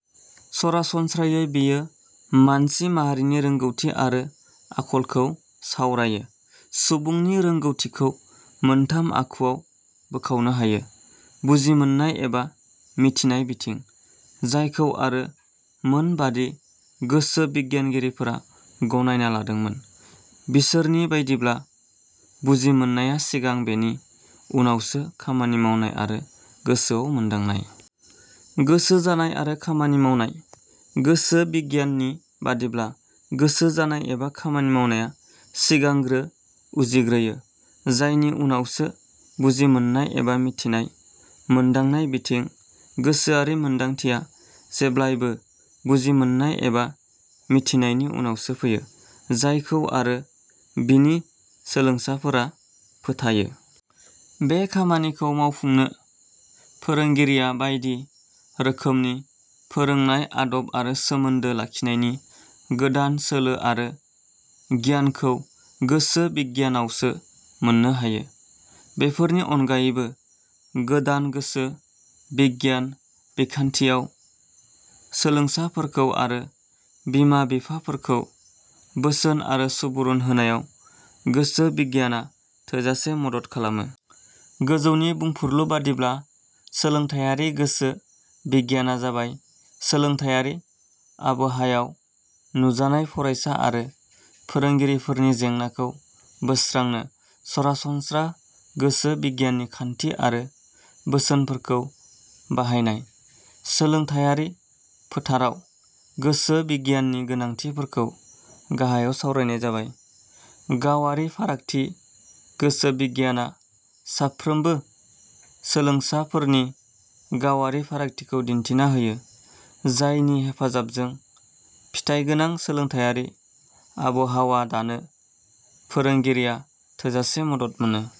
सरासनस्रायै बेयो मानसि माहारिनि रोंगौथि आरो आखलखौ सावरायो। सुबुंनि रोंगौथिफोरखौ मोनथाम आखुआव बोखावनो हायो। बुजिमोन्नाय एबा मिथिनाय बिथिं। जायखौ आरो मोनबादि गोसो बिगियानगिरिफोरा गनायना लादोंमोन। बिसोरनि बायदिब्ला बुजिमोन्नाया सिगां बेनि उनावसो खामानि मावनाय आरो गोसोआव मोन्दांनाय। गोसो जानाय आरो खामानि मावनाय। गोसो बिगियान नि बादिब्ला गोसो जानाय एबा खामानि मावनाया सिगांग्रो उजिग्रोयो जायनि उनावसो बुजिमोन्नाय एबा मिथिनाय। मोन्दांनाय बिथिं। गोसोआरि मोन्दांथिया जेब्लायबो बुजिमोन्नाय एबा मिथिनायनि उनावसो फैयो। जायखौ आरो बिनि सोलोंसाफोरा फोथायो। बे खामानिखौ मावफुंनो फोरोंगिरिया बायदि। रोखोमनि फोरोंनाय आदब आरो सोमोन्दो लाखिनायनि गोदान सोलो आरो गियानखौ गोसो बिगियानावसो मोननो हायो। बेफोरनि अनगायैबो गोदान गोसो बिगियान बिखान्थियाव सोलोंसाफोरखौ आरो बिमा बिफाफोरखौ बोसोन आरो सुबुरुन होनायाव गोसो बिगियाना थोजासे मदद खालामो। " गोजौनि बुंफुरलु बादिब्ला सोलोंथाइयारि गोसो बिगियाना जाबाय सोलोंथाइयारि आबहायाव नुजानाय फरायसा आरो फोरोंगिरिफोरनि जेंनाखौ बोस्रांनो सरासनस्रा गोसो बिगियाननि खान्थि आरो बोसोनफोरखौ बाहायनाय। सोलोंथाइयारि फोथाराव गोसो बिगियाननि गोनांथिफोरखौ गाहायाव सावरायनाय जाबाय। गावारि फारागथि: गोसो बिगियाना साफ्रोमबो सोलोंसाफोरनि गावारि फारागथिखौ दिन्थिना होयो जायनि हेफाजाबजों फिथाइगोनां सोलोंथाइयारि आबहावा दानो फोरोंगिरिया थोजासे मदद मोनो।